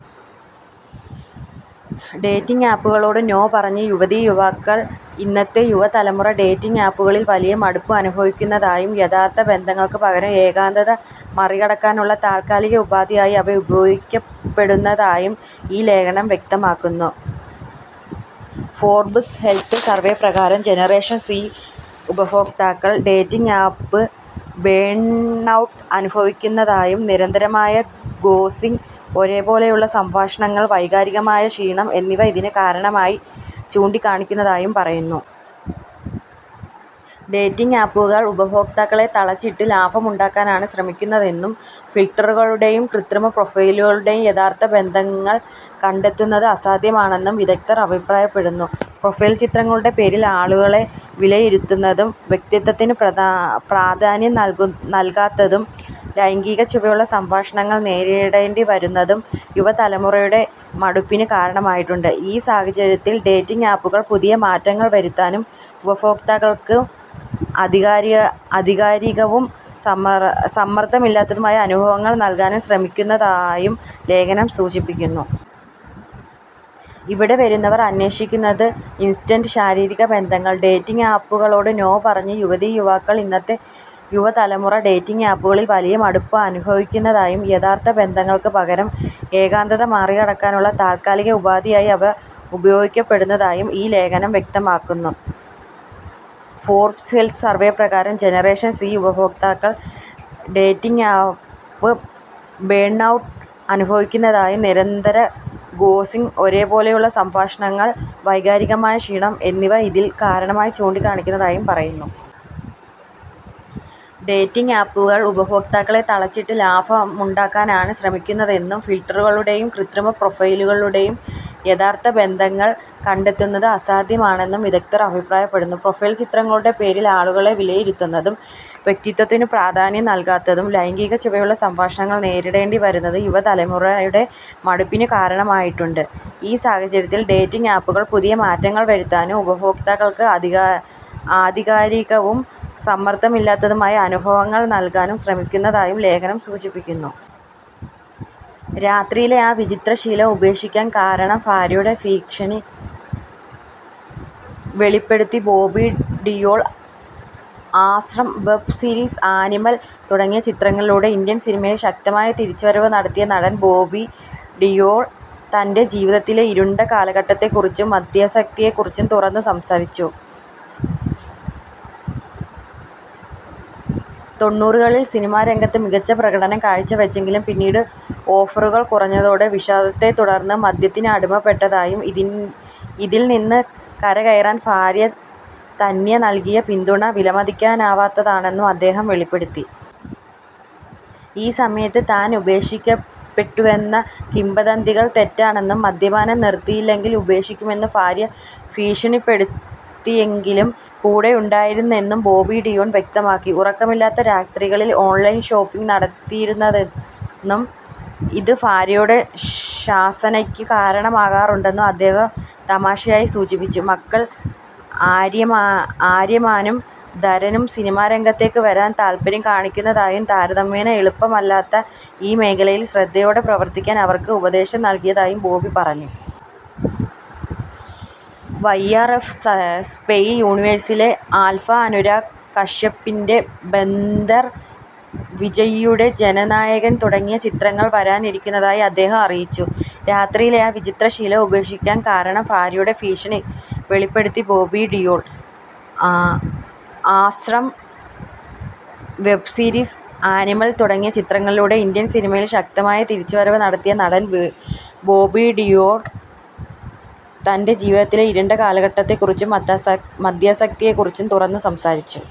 Dating ആപ്പുകളോട് 'no' പറഞ്ഞ് യുവതീ– യുവാക്കൾ ഇന്നത്തെ യുവതലമുറ ഡേറ്റിംഗ് ആപ്പുകളിൽ വലിയ മടുപ്പ് അനുഭവിക്കുന്നതായും, യഥാർത്ഥ ബന്ധങ്ങൾക്ക് പകരം ഏകാന്തത മറികടക്കാനുള്ള താൽക്കാലിക ഉപാധിയായി അവ ഉപയോഗിക്കപ്പെടുന്നതായും ഈ ലേഖനം വ്യക്തമാക്കുന്നു. ഫോർബ്സ് ഹെൽത്ത് സർവേ പ്രകാരം ജനറേഷൻ സി ഉപഭോക്താക്കൾ 'ഡേറ്റിംഗ് ആപ്പ് ബേൺഔട്ട്' അനുഭവിക്കുന്നതായും, നിരന്തരമായ ഗോസ്റ്റിംഗ്, ഒരേപോലെയുള്ള സംഭാഷണങ്ങൾ, വൈകാരികമായ ക്ഷീണം എന്നിവ ഇതിന് കാരണമായി ചൂണ്ടിക്കാണിക്കുന്നതായും പറയുന്നു. ഡേറ്റിംഗ് ആപ്പുകൾ ഉപഭോക്താക്കളെ തളച്ചിട്ട് ലാഭമുണ്ടാക്കാനാണ് ശ്രമിക്കുന്നതെന്നും, ഫിൽട്ടറുകളിലൂടെയും കൃത്രിമ പ്രൊഫൈലുകളിലൂടെയും യഥാർത്ഥ ബന്ധങ്ങൾ കണ്ടെത്തുന്നത് അസാധ്യമാണെന്നും വിദഗ്ധർ അഭിപ്രായപ്പെടുന്നു. പ്രൊഫൈൽ ചിത്രങ്ങളുടെ പേരിൽ ആളുകളെ വിലയിരുത്തുന്നതും, വ്യക്തിത്വത്തിന് പ്രാധാന്യം നൽകാത്തതും, ലൈംഗികച്ചുവയുള്ള സംഭാഷണങ്ങൾ നേരിടേണ്ടി വരുന്നതും യുവതലമുറയുടെ മടുപ്പിന് കാരണമായിട്ടുണ്ട്. ഈ സാഹചര്യത്തിൽ, ഡേറ്റിംഗ് ആപ്പുകൾ പുതിയ മാറ്റങ്ങൾ വരുത്താനും, ഉപഭോക്താക്കൾക്ക് ആധികാരികവും സമ്മർദ്ദമില്ലാത്തതുമായ അനുഭവങ്ങൾ നൽകാനും ശ്രമിക്കുന്നതായും ലേഖനം സൂചിപ്പിക്കുന്നു. ഇവിടെ വരുന്നവർ അന്വേഷിക്കുന്നത് 'ഇൻസ്റ്റന്റ് ശാരീരിക ബന്ധങ്ങൾ'! ഡേറ്റിങ് ആപ്പുകളോട് 'നോ' പറഞ്ഞ് യുവതീ– യുവാക്കൾ ഇന്നത്തെ യുവതലമുറ ഡേറ്റിംഗ് ആപ്പുകളിൽ വലിയ മടുപ്പ് അനുഭവിക്കുന്നതായും, യഥാർത്ഥ ബന്ധങ്ങൾക്ക് പകരം ഏകാന്തത മറികടക്കാനുള്ള താൽക്കാലിക ഉപാധിയായി അവ ഉപയോഗിക്കപ്പെടുന്നതായും ഈ ലേഖനം വ്യക്തമാക്കുന്നു. ഫോർബ്സ് ഹെൽത്ത് സർവേ പ്രകാരം ജനറേഷൻ സി ഉപഭോക്താക്കൾ 'ഡേറ്റിംഗ് ആപ്പ് ബേൺഔട്ട്' അനുഭവിക്കുന്നതായും, നിരന്തരമായ ഗോസ്റ്റിംഗ്, ഒരേപോലെയുള്ള സംഭാഷണങ്ങൾ, വൈകാരികമായ ക്ഷീണം എന്നിവ ഇതിന് കാരണമായി ചൂണ്ടിക്കാണിക്കുന്നതായും പറയുന്നു. ഡേറ്റിംഗ് ആപ്പുകൾ ഉപഭോക്താക്കളെ തളച്ചിട്ട് ലാഭമുണ്ടാക്കാനാണ് ശ്രമിക്കുന്നതെന്നും, ഫിൽട്ടറുകളിലൂടെയും കൃത്രിമ പ്രൊഫൈലുകളിലൂടെയും യഥാർത്ഥ ബന്ധങ്ങൾ കണ്ടെത്തുന്നത് അസാധ്യമാണെന്നും വിദഗ്ധർ അഭിപ്രായപ്പെടുന്നു. പ്രൊഫൈൽ ചിത്രങ്ങളുടെ പേരിൽ ആളുകളെ വിലയിരുത്തുന്നതും, വ്യക്തിത്വത്തിന് പ്രാധാന്യം നൽകാത്തതും, ലൈംഗികച്ചുവയുള്ള സംഭാഷണങ്ങൾ നേരിടേണ്ടി വരുന്നതും യുവതലമുറയുടെ മടുപ്പിന് കാരണമായിട്ടുണ്ട്. ഈ സാഹചര്യത്തിൽ, ഡേറ്റിംഗ് ആപ്പുകൾ പുതിയ മാറ്റങ്ങൾ വരുത്താനും, ഉപഭോക്താക്കൾക്ക് ആധികാരികവും സമ്മർദ്ദമില്ലാത്തതുമായ അനുഭവങ്ങൾ നൽകാനും ശ്രമിക്കുന്നതായും ലേഖനം സൂചിപ്പിക്കുന്നു. രാത്രിയിലെ ആ 'വിചിത്ര ശീലം', ഉപേക്ഷിക്കാൻ കാരണം ഭാര്യയുടെ ഭീഷണി: വെളിപ്പെടുത്തി Bobby Deol 'Aashram' web series, 'Animal' തുടങ്ങിയ ചിത്രങ്ങളിലൂടെ ഇന്ത്യൻ സിനിമയിൽ ശക്തമായ തിരിച്ചുവരവ് നടത്തിയ നടൻ ബോബി ഡിയോൾ, തന്റെ ജീവിതത്തിലെ ഇരുണ്ട കാലഘട്ടത്തെക്കുറിച്ചും മദ്യാസക്തിയെക്കുറിച്ചും തുറന്നു സംസാരിച്ചു. തൊണ്ണൂറുകളിൽ സിനിമാ രംഗത്ത് മികച്ച പ്രകടനം കാഴ്ചവെച്ചെങ്കിലും പിന്നീട് ഓഫറുകൾ കുറഞ്ഞതോടെ വിഷാദത്തെത്തുടർന്ന് മദ്യത്തിന് അടിമപ്പെട്ടതായും, ഇതിൽ നിന്ന് കരകയറാൻ ഭാര്യ തന്യ നൽകിയ പിന്തുണ വിലമതിക്കാനാവാത്തതാണെന്നും അദ്ദേഹം വെളിപ്പെടുത്തി. ഈ സമയത്ത് താൻ ഉപേക്ഷിക്കപ്പെട്ടുവെന്ന കിംവദന്തികൾ തെറ്റാണെന്നും, മദ്യപാനം നിർത്തിയില്ലെങ്കിൽ ഉപേക്ഷിക്കുമെന്ന് ഭാര്യ ഭീഷണിപ്പെടുത്തിയെങ്കിലും കൂടെയുണ്ടായിരുന്നെന്നും ബോബി ഡിയോൾ വ്യക്തമാക്കി. ഉറക്കമില്ലാത്ത രാത്രികളിൽ ഓൺലൈൻ ഷോപ്പിംഗ് നടത്തിയിരുന്നെന്നും, ഇത് ഭാര്യയുടെ ശാസനയ്ക്ക് കാരണമാകാറുണ്ടെന്നും അദ്ദേഹം തമാശയായി സൂചിപ്പിച്ചു. മക്കൾ ആര്യമാനും ധരനും സിനിമാ രംഗത്തേക്ക് വരാൻ താൽപ്പര്യം കാണിക്കുന്നതായും, താരതമ്യേന എളുപ്പമല്ലാത്ത ഈ മേഖലയിൽ ശ്രദ്ധയോടെ പ്രവർത്തിക്കാൻ അവർക്ക് ഉപദേശം നൽകിയതായും ബോബി പറഞ്ഞു. വൈആർഎഫ് സ്പൈ യൂണിവേഴ്സിലെ 'ആൽഫ', അനുരാഗ് കശ്യപിന്റെ 'ബന്ദർ', വിജയ്യുടെ 'ജന നായകൻ' തുടങ്ങിയ ചിത്രങ്ങൾ വരാനിരിക്കുന്നതായി അദ്ദേഹം അറിയിച്ചു. രാത്രിയിലെ ആ 'വിചിത്ര ശീലം', ഉപേക്ഷിക്കാൻ കാരണം ഭാര്യയുടെ ഭീഷണി: വെളിപ്പെടുത്തി Bobby Deol 'Aashram' web series, 'Animal' തുടങ്ങിയ ചിത്രങ്ങളിലൂടെ ഇന്ത്യൻ സിനിമയിൽ ശക്തമായ തിരിച്ചുവരവ് നടത്തിയ നടൻ ബോബി ഡിയോൾ, തന്റെ ജീവിതത്തിലെ ഇരുണ്ട കാലഘട്ടത്തെക്കുറിച്ചും മദ്യാസക്തിയെക്കുറിച്ചും തുറന്നു സംസാരിച്ചു.